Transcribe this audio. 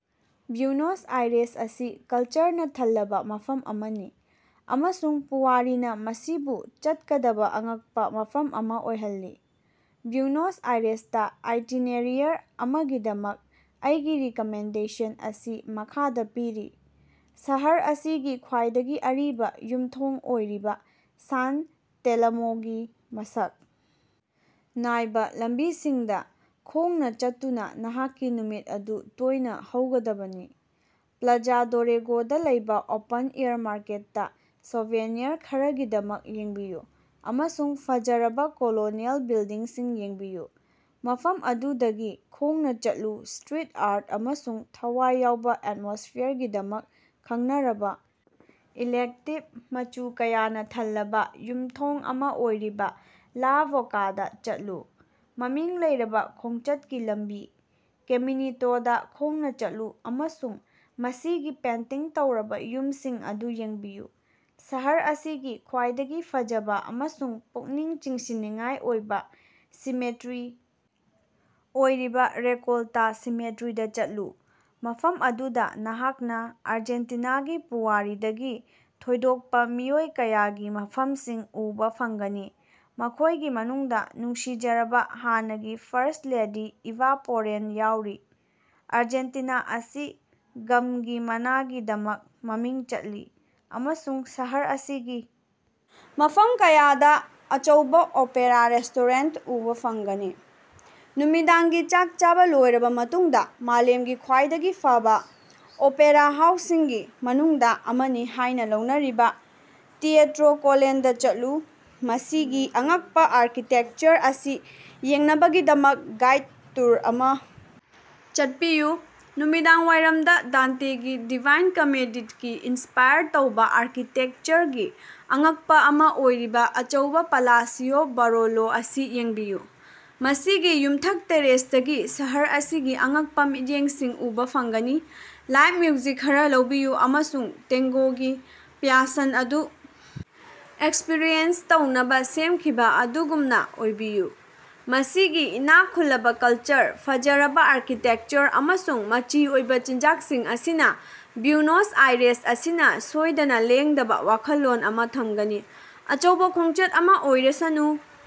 Buenos Aires ꯑꯁꯤ ꯀꯜꯆꯔꯅꯥ ꯊꯜꯂꯕꯥ ꯃꯐꯝ ꯑꯃꯅꯤ, ꯑꯃꯁꯨꯡ ꯄꯨꯋꯥꯔꯤꯅꯥ ꯃꯁꯤꯕꯨ ꯆꯠꯀꯗꯕꯥ ꯑꯉꯛꯄꯥ ꯃꯐꯝ ꯑꯃꯥ ꯑꯣꯏꯍꯜꯂꯤ꯫ ꯕ꯭ꯌꯨꯅꯣꯁ ꯑꯥꯏꯔꯦꯁꯇꯥ ꯑꯥꯏꯇꯤꯅꯦꯔꯤꯌꯔ ꯑꯃꯒꯤꯗꯃꯛ ꯑꯩꯒꯤ ꯔꯤꯀꯥꯃꯦꯟꯗꯦꯁꯟ ꯑꯁꯤ ꯃꯈꯥꯗꯥ ꯄꯤꯔꯤ: ꯁꯍꯔ ꯑꯁꯤꯒꯤ ꯈ꯭ꯋꯥꯏꯗꯒꯤ ꯑꯔꯤꯕꯥ ꯌꯨꯝꯊꯣꯡ ꯑꯣꯏꯔꯤꯕꯥ ꯁꯥꯟ ꯇꯦꯂꯃꯣꯒꯤ ꯃꯁꯛ ꯅꯥꯏꯕꯥ ꯂꯝꯕꯤꯁꯤꯡꯗꯥ ꯈꯣꯡꯅꯥ ꯆꯠꯇꯨꯅꯥ ꯅꯍꯥꯛꯀꯤ ꯅꯨꯃꯤꯠ ꯑꯗꯨ ꯇꯣꯢꯅꯥ ꯍꯧꯒꯗꯕꯅꯤ꯫ ꯄ꯭ꯂꯥꯖꯥ ꯗꯣꯔꯦꯒꯣꯗꯥ ꯂꯩꯕꯥ ꯑꯣꯄꯟ-ꯑꯦꯌꯔ ꯃꯥꯔꯀꯦꯠꯇꯥ ꯁꯣꯚꯦꯅꯤꯌꯔ ꯈꯔꯒꯤꯗꯃꯛ ꯌꯦꯡꯕꯤꯌꯨ ꯑꯃꯁꯨꯡ ꯐꯖꯔꯕꯥ ꯀꯣꯂꯣꯅꯤꯑꯦꯜ ꯕꯤꯜꯗꯤꯡꯁꯤꯡ ꯌꯦꯡꯕꯤꯌꯨ꯫ ꯃꯐꯝ ꯑꯗꯨꯗꯒꯤ ꯈꯣꯡꯅꯥ ꯆꯠꯂꯨ, ꯁꯇ꯭ꯔꯤꯠ ꯑꯥꯔꯠ ꯑꯃꯁꯨꯡ ꯊꯋꯥꯏ ꯌꯥꯎꯕꯥ ꯑꯦꯇꯃꯣꯁꯐꯤꯌꯥꯔꯒꯤꯗꯃꯛ ꯈꯪꯅꯔꯕꯥ ꯏꯂꯦꯛꯇꯤꯕ, ꯃꯆꯨ ꯀꯌꯥꯅꯥ ꯊꯜꯂꯕꯥ ꯌꯨꯝꯊꯣꯡ ꯑꯃꯥ ꯑꯣꯏꯔꯤꯕꯥ ꯂꯥ ꯕꯣꯀꯥꯗꯥ ꯆꯠꯂꯨ꯫ ꯃꯃꯤꯡ ꯂꯩꯔꯕꯥ ꯈꯣꯡꯆꯠꯀꯤ ꯂꯝꯕꯤ ꯀꯦꯃꯤꯅꯤꯇꯣꯗꯥ ꯈꯣꯡꯅꯥ ꯆꯠꯂꯨ ꯑꯃꯁꯨꯡ ꯃꯁꯤꯒꯤ ꯄꯦꯟꯇꯤꯡ ꯇꯧꯔꯕꯥ ꯌꯨꯃꯁꯤꯡ ꯑꯗꯨ ꯌꯦꯡꯕꯤꯌꯨ꯫ ꯁꯍꯔ ꯑꯁꯤꯒꯤ ꯈ꯭ꯋꯥꯏꯗꯒꯤ ꯐꯖꯕꯥ ꯑꯃꯁꯨꯡ ꯄꯨꯛꯅꯤꯡ ꯆꯤꯡꯁꯤꯟꯅꯤꯡꯉꯥꯏ ꯑꯣꯏꯕꯥ ꯁꯤꯃꯦꯇ꯭ꯔꯤ ꯑꯣꯏꯔꯤꯕꯥ ꯔꯦꯀꯣꯂꯇꯥ ꯁꯤꯃꯦꯇ꯭ꯔꯤꯗꯥ ꯆꯠꯂꯨ, ꯃꯐꯝ ꯑꯗꯨꯗꯥ ꯅꯍꯥꯛꯅꯥ ꯑꯔꯖꯦꯟꯇꯤꯅꯥꯒꯤ ꯄꯨꯋꯥꯔꯤꯗꯒꯤ ꯊꯣꯏꯗꯣꯛꯄꯥ ꯃꯤꯑꯣꯏ ꯀꯌꯥꯒꯤ ꯃꯐꯝꯁꯤꯡ ꯎꯕꯥ ꯐꯪꯒꯅꯤ, ꯃꯈꯣꯢꯒꯤ ꯃꯅꯨꯡꯗꯥ ꯅꯨꯡꯁꯤꯖꯔꯕꯥ ꯍꯥꯟꯅꯒꯤ ꯐꯥꯔꯁ꯭ꯠ ꯂꯦꯗꯤ ꯏꯚꯥ ꯄꯦꯔꯣꯟ ꯌꯥꯑꯣꯔꯤ꯫ ꯑꯔꯖꯦꯟꯇꯤꯅꯥ ꯑꯁꯤ ꯒꯝꯒꯤ ꯃꯅꯥꯒꯤꯗꯃꯛ ꯃꯃꯤꯡ ꯆꯠꯂꯤ ꯑꯃꯁꯨꯡ ꯁꯍꯔ ꯑꯁꯤꯒꯤ ꯃꯐꯝ ꯀꯌꯥꯗꯥ ꯑꯆꯧꯕꯥ ꯑꯣꯄꯦꯔꯥ ꯔꯦꯁꯇꯣꯔꯦꯟꯇ ꯈꯔꯥ ꯎꯕꯥ ꯐꯪꯒꯅꯤ꯫ ꯅꯨꯃꯤꯗꯥꯡꯒꯤ ꯆꯥꯛ ꯆꯥꯕꯥ ꯂꯣꯏꯔꯕꯥ ꯃꯇꯨꯡꯗꯥ ꯃꯥꯂꯦꯝꯒꯤ ꯈ꯭ꯋꯥꯏꯗꯒꯤ ꯐꯕꯥ ꯑꯣꯄꯦꯔꯥ ꯍꯥꯎꯁꯁꯤꯡꯒꯤ ꯃꯅꯨꯡꯗꯥ ꯑꯃꯅꯤ ꯍꯥꯢꯅꯥ ꯂꯧꯅꯔꯤꯕꯥ ꯇꯤꯑꯦꯠꯔꯣ ꯀꯣꯂꯣꯟꯗꯥ ꯆꯠꯂꯨ꯫ ꯃꯁꯤꯒꯤ ꯑꯉꯛꯄꯥ ꯑꯥꯔꯀꯤꯇꯦꯛꯆꯔ ꯑꯁꯤ ꯌꯦꯡꯅꯕꯒꯤꯗꯃꯛ ꯒꯥꯏꯗ ꯇꯨꯔ ꯑꯃꯥ ꯆꯠꯄꯤꯌꯨ꯫ ꯅꯨꯃꯤꯗꯥꯡꯋꯥꯏꯔꯝꯗꯥ, ꯗꯥꯟꯇꯦꯒꯤ ꯗꯤꯚꯥꯏꯟ ꯀꯃꯦꯗꯤꯗꯒꯤ ꯏꯟꯁꯄꯥꯏꯔ ꯇꯧꯕꯥ ꯑꯥꯔꯀꯤꯇꯦꯛꯆꯔꯒꯤ ꯑꯉꯛꯄꯥ ꯑꯃꯥ ꯑꯣꯏꯔꯤꯕꯥ ꯑꯆꯧꯕꯥ ꯄꯥꯂꯥꯁꯤꯑꯣ ꯕꯥꯔꯣꯂꯣ ꯑꯁꯤ ꯌꯦꯡꯕꯤꯌꯨ, ꯃꯁꯤꯒꯤ ꯌꯨꯝꯊꯛ ꯇꯦꯔꯦꯁꯇꯒꯤ ꯁꯍꯔ ꯑꯁꯤꯒꯤ ꯑꯉꯛꯄꯥ ꯃꯤꯠꯌꯦꯡꯁꯤꯡ ꯎꯕꯥ ꯐꯪꯒꯅꯤ꯫ ꯂꯥꯏꯕ ꯃ꯭ꯌꯨꯖꯤꯛ ꯈꯔꯥ ꯂꯧꯕꯤꯌꯨ ꯑꯃꯁꯨꯡ ꯇꯦꯡꯒꯣꯒꯤ ꯄ꯭ꯌꯥꯁꯟ ꯑꯗꯨ ꯑꯦꯛꯁꯄ꯭ꯔꯤꯌꯦꯟꯁ ꯇꯧꯅꯕꯥ ꯁꯦꯝꯈꯤꯕꯥ ꯑꯗꯨꯒꯨꯝꯅꯥ ꯑꯣꯏꯕꯤꯌꯨ꯫ ꯃꯁꯤꯒꯤ ꯏꯅꯥꯛ ꯈꯨꯜꯂꯕꯥ ꯀꯜꯆꯔ, ꯐꯖꯔꯕꯥ ꯑꯥꯔꯀꯤꯇꯦꯛꯆꯔ ꯑꯃꯁꯨꯡ ꯃꯆꯤ ꯑꯣꯏꯕꯥ ꯆꯤꯟꯖꯥꯛꯁꯤꯡ ꯑꯁꯤꯅꯥ ꯕ꯭ꯌꯨꯅꯣꯁ ꯑꯥꯏꯔꯦꯁ ꯑꯁꯤꯅꯥ ꯁꯣꯏꯗꯅꯥ ꯂꯦꯡꯗꯕꯥ ꯋꯥꯈꯜꯂꯣꯟ ꯑꯃꯥ ꯊꯝꯒꯅꯤ꯫ ꯑꯆꯧꯕꯥ ꯈꯣꯡꯆꯠ ꯑꯃꯥ ꯑꯣꯏꯔꯁꯅꯨ꯫